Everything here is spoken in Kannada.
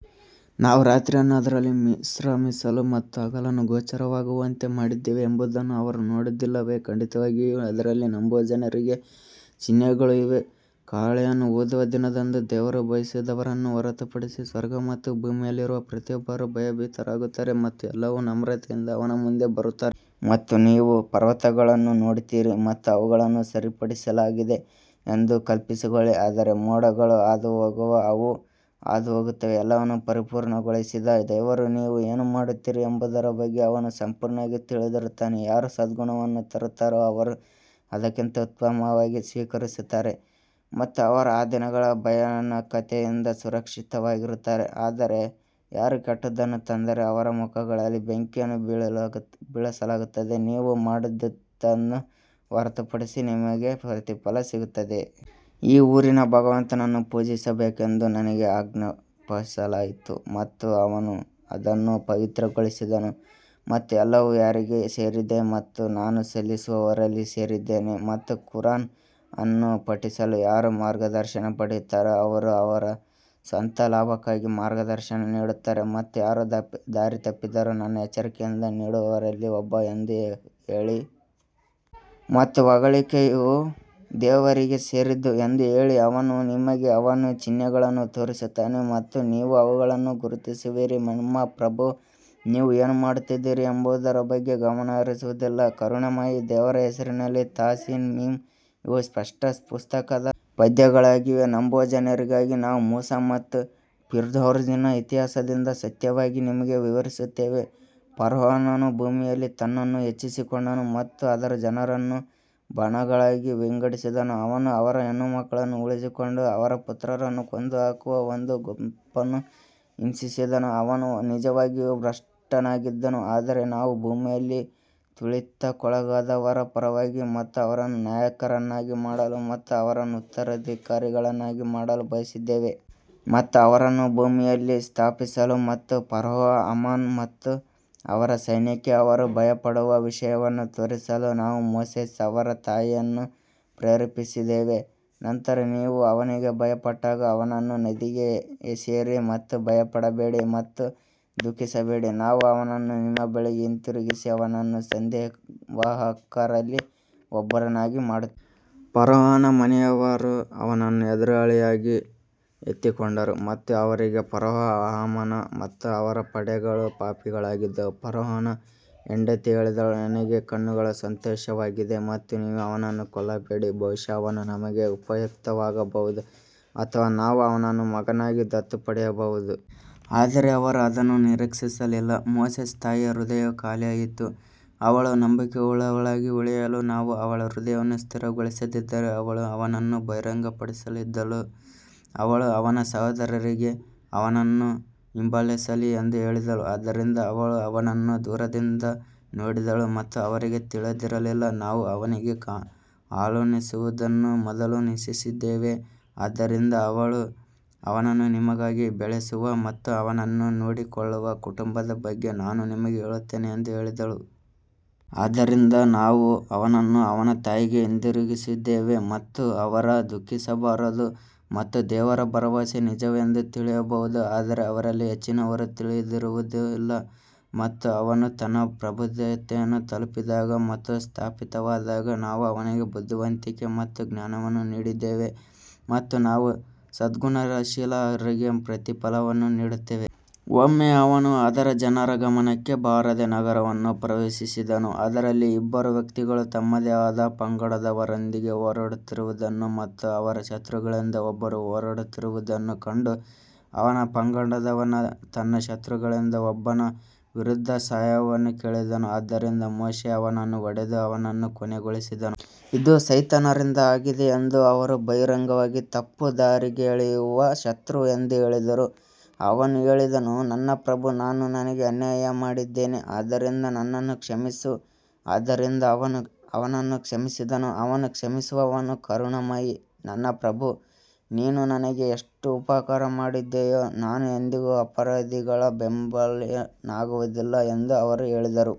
ನಾವು ರಾತ್ರಿಯನ್ನು ಅದರಲ್ಲಿ ವಿಶ್ರಮಿಸಲು ಮತ್ತು ಹಗಲನ್ನು ಗೋಚರವಾಗುವಂತೆ ಮಾಡಿದ್ದೇವೆ ಎಂಬುದನ್ನು ಅವರು ನೋಡುವುದಿಲ್ಲವೇ, ಖಂಡಿತವಾಗಿಯೂ ಅದರಲ್ಲಿ ನಂಬುವ ಜನರಿಗೆ ಚಿಹ್ನೆಗಳು ಇವೆ. ಕಹಳೆಯನ್ನು ಊದುವ ದಿನದಂದು, ದೇವರು ಬಯಸಿದವರನ್ನು ಹೊರತುಪಡಿಸಿ, ಸ್ವರ್ಗ ಮತ್ತು ಭೂಮಿಯಲ್ಲಿರುವ ಪ್ರತಿಯೊಬ್ಬರೂ ಭಯಭೀತರಾಗುತ್ತಾರೆ ಮತ್ತು ಎಲ್ಲರೂ ನಮ್ರತೆಯಿಂದ ಅವನ ಮುಂದೆ ಬರುತ್ತಾರೆ. ಮತ್ತು ನೀವು ಪರ್ವತಗಳನ್ನು ನೋಡುತ್ತೀರಿ ಮತ್ತು ಅವುಗಳನ್ನು ಸರಿಪಡಿಸಲಾಗಿದೆ ಎಂದು ಕಲ್ಪಿಸಿಕೊಳ್ಳಿ ಆದರೆ ಮೋಡಗಳು ಹಾದುಹೋಗುವಾಗ ಅವು ಹಾದುಹೋಗುತ್ತವೆ, ಎಲ್ಲವನ್ನೂ ಪರಿಪೂರ್ಣಗೊಳಿಸಿದ ದೇವರು ನೀವು ಏನು ಮಾಡುತ್ತೀರಿ ಎಂಬುದರ ಬಗ್ಗೆ ಅವನು ಸಂಪೂರ್ಣವಾಗಿ ತಿಳಿದಿರುತ್ತಾನೆ. ಯಾರು ಸದ್ಗುಣವನ್ನು ತರುತ್ತಾರೋ ಅವರು ಅದಕ್ಕಿಂತ ಉತ್ತಮವಾಗಿ ಸ್ವೀಕರಿಸುತ್ತಾರೆ ಮತ್ತು ಅವರು ಆ ದಿನದ ಭಯಾನಕತೆಯಿಂದ ಸುರಕ್ಷಿತವಾಗಿರುತ್ತಾರೆ ಆದರೆ ಯಾರು ಕೆಟ್ಟದ್ದನ್ನು ತಂದರೆ ಅವರ ಮುಖಗಳನ್ನು ಬೆಂಕಿಯಲ್ಲಿ ಬೀಳಿಸಲಾಗುತ್ತದೆ, ನೀವು ಮಾಡುತ್ತಿದ್ದುದನ್ನು ಹೊರತುಪಡಿಸಿ ನಿಮಗೆ ಪ್ರತಿಫಲ ಸಿಗುತ್ತದೆಯೇ? ಈ ಊರಿನ ಭಗವಂತನನ್ನು ಪೂಜಿಸಬೇಕೆಂದು ನನಗೆ ಆಜ್ಞಾಪಿಸಲಾಯಿತು ಮತ್ತು ಅವನು ಅದನ್ನು ಪವಿತ್ರಗೊಳಿಸಿದನು ಮತ್ತು ಎಲ್ಲವೂ ಯಾರಿಗೆ ಸೇರಿದೆ ಮತ್ತು ನಾನು ಸಲ್ಲಿಸುವವರಲ್ಲಿ ಸೇರಿದ್ದೇನೆ ಮತ್ತು ಖುರಾನ್ ಅನ್ನು ಪಠಿಸಲು ಯಾರು ಮಾರ್ಗದರ್ಶನ ಪಡೆಯುತ್ತಾರೋ ಅವರು ಅವರ ಸ್ವಂತ ಲಾಭಕ್ಕಾಗಿ ಮಾರ್ಗದರ್ಶನ ನೀಡುತ್ತಾರೆ ಮತ್ತು ಯಾರು ದಾರಿ ತಪ್ಪಿದರೆ ನಾನು ಎಚ್ಚರಿಕೆ ನೀಡುವವರಲ್ಲಿ ಒಬ್ಬ ಎಂದು ಹೇಳಿ. ಮತ್ತು ಹೊಗಳಿಕೆಯು ದೇವರಿಗೆ ಸೇರಿದ್ದು ಎಂದು ಹೇಳಿ, ಅವನು ನಿಮಗೆ ಅವನ ಚಿಹ್ನೆಗಳನ್ನು ತೋರಿಸುತ್ತಾನೆ ಮತ್ತು ನೀವು ಅವುಗಳನ್ನು ಗುರುತಿಸುವಿರಿ, ನಿಮ್ಮ ಪ್ರಭು ನೀವು ಏನು ಮಾಡುತ್ತಿದ್ದೀರಿ ಎಂಬುದರ ಬಗ್ಗೆ ಗಮನ ಹರಿಸುವುದಿಲ್ಲ. ಕರುಣಾಮಯಿ ದೇವರ ಹೆಸರಿನಲ್ಲಿ ತಾ ಸೀನ್ ಮೀಮ್ ಇವು ಸ್ಪಷ್ಟ ಪುಸ್ತಕದ ಪದ್ಯಗಳಾಗಿವೆ ನಂಬುವ ಜನರಿಗಾಗಿ ನಾವು ಮೂಸಾ ಮತ್ತು ಫಿರ್ಔನ್ನ ಇತಿಹಾಸದಿಂದ ಸತ್ಯವಾಗಿ ನಿಮಗೆ ವಿವರಿಸುತ್ತೇವೆ ಫರೋಹನು ಭೂಮಿಯಲ್ಲಿ ತನ್ನನ್ನು ಹೆಚ್ಚಿಸಿಕೊಂಡನು ಮತ್ತು ಅದರ ಜನರನ್ನು ಬಣಗಳಾಗಿ ವಿಂಗಡಿಸಿದನು ಅವನು ಅವರ ಹೆಣ್ಣುಮಕ್ಕಳನ್ನು ಉಳಿಸಿಕೊಂಡು ಅವರ ಪುತ್ರರನ್ನು ಕೊಂದುಹಾಕುವ ಒಂದು ಗುಂಪನ್ನು ಹಿಂಸಿಸಿದನು ಅವನು ನಿಜವಾಗಿಯೂ ಭ್ರಷ್ಟನಾಗಿದ್ದನು ಆದರೆ ನಾವು ಭೂಮಿಯಲ್ಲಿ ತುಳಿತಕ್ಕೊಳಗಾದವರ ಪರವಾಗಿ ಮತ್ತು ಅವರನ್ನು ನಾಯಕರನ್ನಾಗಿ ಮಾಡಲು ಮತ್ತು ಅವರನ್ನು ಉತ್ತರಾಧಿಕಾರಿಗಳನ್ನಾಗಿ ಮಾಡಲು ಬಯಸಿದ್ದೇವೆ. ಮತ್ತು ಅವರನ್ನು ಭೂಮಿಯಲ್ಲಿ ಸ್ಥಾಪಿಸಲು ಮತ್ತು ಫರೋಹ ಹಮಾನ್ ಮತ್ತು ಅವರ ಸೈನ್ಯಕ್ಕೆ ಅವರು ಭಯಪಡುವ ವಿಷಯವನ್ನು ತೋರಿಸಲು ನಾವು ಮೋಸೆಸ್ ಅವರ ತಾಯಿಯನ್ನು ಪ್ರೇರೇಪಿಸಿದ್ದೇವೆ, ನಂತರ ನೀವು ಅವನಿಗೆ ಭಯಪಟ್ಟಾಗ ಅವನನ್ನು ನದಿಗೆ ಎಸೆಯಿರಿ ಮತ್ತು ಭಯಪಡಬೇಡಿ ಮತ್ತು ದುಃಖಿಸಬೇಡಿ ನಾವು ಅವನನ್ನು ನಿಮ್ಮ ಬಳಿಗೆ ಹಿಂತಿರುಗಿಸಿ ಅವನನ್ನು ಸಂದೇಶವಾಹಕರಲ್ಲಿ ಒಬ್ಬರನ್ನಾಗಿ ಮಾಡುತ್ತೇವೆ. ಫರೋಹನ ಮನೆಯವರು ಅವನನ್ನು ಎದುರಾಳಿಯಾಗಿ ಎತ್ತಿಕೊಂಡರು ಮತ್ತು ಅವರಿಗೆ ಫರೋಹ ಹಾಮಾನ ಮತ್ತು ಅವರ ಪಡೆಗಳು ಪಾಪಿಗಳಾಗಿದ್ದವು ಫೇರೋನ ಹೆಂಡತಿ ಹೇಳಿದಳು ನನಗೆ ಕಣ್ಣುಗಳು ಸಂತೋಷವಾಗಿದೆ ಮತ್ತು ನೀವು ಅವನನ್ನು ಕೊಲ್ಲಬೇಡಿ ಬಹುಶಃ ಅವನು ನಮಗೆ ಉಪಯುಕ್ತವಾಗಬಹುದು ಅಥವಾ ನಾವು ಅವನನ್ನು ಮಗನಾಗಿ ದತ್ತು ಪಡೆಯಬಹುದು ಆದರೆ ಅವರು ಅದನ್ನು ನಿರೀಕ್ಷಿಸಲಿಲ್ಲ ಮೋಸೆಸ್ ತಾಯಿಯ ಹೃದಯವು ಖಾಲಿಯಾಯಿತು, ಅವಳು ನಂಬಿಕೆಯುಳ್ಳವಳಾಗಿ ಉಳಿಯಲು ನಾವು ಅವಳ ಹೃದಯವನ್ನು ಸ್ಥಿರಗೊಳಿಸದಿದ್ದರೆ ಅವಳು ಅವನನ್ನು ಬಹಿರಂಗಪಡಿಸಲಿದ್ದಳು ಅವಳು ಅವನ ಸಹೋದರಿಗೆ ಅವನನ್ನು ಹಿಂಬಾಲಿಸಿ ಎಂದು ಹೇಳಿದಳು ಆದ್ದರಿಂದ ಅವಳು ಅವನನ್ನು ದೂರದಿಂದ ನೋಡಿದಳು ಮತ್ತು ಅವರಿಗೆ ತಿಳಿದಿರಲಿಲ್ಲ ನಾವು ಅವನಿಗೆ ಹಾಲುಣಿಸುವುದನ್ನು ಮೊದಲು ನಿಷೇಧಿಸಿದ್ದೇವೆ ಆದ್ದರಿಂದ ಅವಳು ಅವನನ್ನು ನಿಮಗಾಗಿ ಬೆಳೆಸುವ ಮತ್ತು ಅವನನ್ನು ನೋಡಿಕೊಳ್ಳುವ ಕುಟುಂಬದ ಬಗ್ಗೆ ನಾನು ನಿಮಗೆ ಹೇಳುತ್ತೇನೆ ಎಂದು ಹೇಳಿದಳು. ಆದ್ದರಿಂದ ನಾವು ಅವನನ್ನು ಅವನ ತಾಯಿಗೆ ಹಿಂದಿರುಗಿಸಿದ್ದೇವೆ ಮತ್ತು ಅವರು ದುಃಖಿಸಬಾರದು ಮತ್ತು ದೇವರ ಭರವಸೆ ನಿಜವೆಂದು ತಿಳಿಯಬಹುದು ಆದರೆ ಅವರಲ್ಲಿ ಹೆಚ್ಚಿನವರು ತಿಳಿದಿರುವುದಿಲ್ಲ. ಮತ್ತು ಅವನು ತನ್ನ ಪ್ರಬುದ್ಧತೆಯನ್ನು ತಲುಪಿದಾಗ ಮತ್ತು ಸ್ಥಾಪಿತವಾದಾಗ ನಾವು ಅವನಿಗೆ ಬುದ್ಧಿವಂತಿಕೆ ಮತ್ತು ಜ್ಞಾನವನ್ನು ನೀಡಿದ್ದೇವೆ ಮತ್ತು ನಾವು ಸದ್ಗುಣಶೀಲರಿಗೆ ಪ್ರತಿಫಲವನ್ನು ನೀಡುತ್ತೇವೆ. ಒಮ್ಮೆ ಅವನು ಅದರ ಜನರ ಗಮನಕ್ಕೆ ಬಾರದೆ ನಗರವನ್ನು ಪ್ರವೇಶಿಸಿದನು, ಅದರಲ್ಲಿ ಇಬ್ಬರು ವ್ಯಕ್ತಿಗಳು ತಮ್ಮದೇ ಆದ ಪಂಗಡದವರೊಂದಿಗೆ ಹೋರಾಡುತ್ತಿರುವುದನ್ನು ಮತ್ತು ಅವರ ಶತ್ರುಗಳಿಂದ ಒಬ್ಬರು ಹೋರಾಡುತ್ತಿರುವುದನ್ನು ಕಂಡು ಅವನ ಪಂಗಡದವನು ತನ್ನ ಶತ್ರುಗಳಿಂದ ಒಬ್ಬನ ವಿರುದ್ಧ ಸಹಾಯವನ್ನು ಕೇಳಿದನು, ಆದ್ದರಿಂದ ಮೋಶೆ ಅವನನ್ನು ಹೊಡೆದು ಅವನನ್ನು ಕೊನೆಗೊಳಿಸಿದನು. ಇದು ಸೈತಾನರಿಂದ ಆಗಿದೆ ಎಂದು ಅವರು ಬಹಿರಂಗವಾಗಿ ತಪ್ಪುದಾರಿಗೆಳೆಯುವ ಶತ್ರು ಎಂದು ಹೇಳಿದರು ಅವನು ಹೇಳಿದನು ನನ್ನ ಪ್ರಭೂ ನಾನು ನನಗೆ ಅನ್ಯಾಯ ಮಾಡಿದ್ದೇನೆ ಆದ್ದರಿಂದ ನನ್ನನ್ನು ಕ್ಷಮಿಸು ಆದ್ದರಿಂದ ಅವನು ಅವನನ್ನು ಕ್ಷಮಿಸಿದನು ಅವನು ಕ್ಷಮಿಸುವವನು ಕರುಣಾಮಯಿ ನನ್ನ ಪ್ರಭು, ನೀನು ನನಗೆ ಎಷ್ಟು ಉಪಕಾರ ಮಾಡಿದೀಯೋ, ನಾನು ಎಂದಿಗೂ ಅಪರಾಧಿಗಳ ಬೆಂಬಲಿಗನಾಗುವುದಿಲ್ಲ ಎಂದು ಅವರು ಹೇಳಿದರು.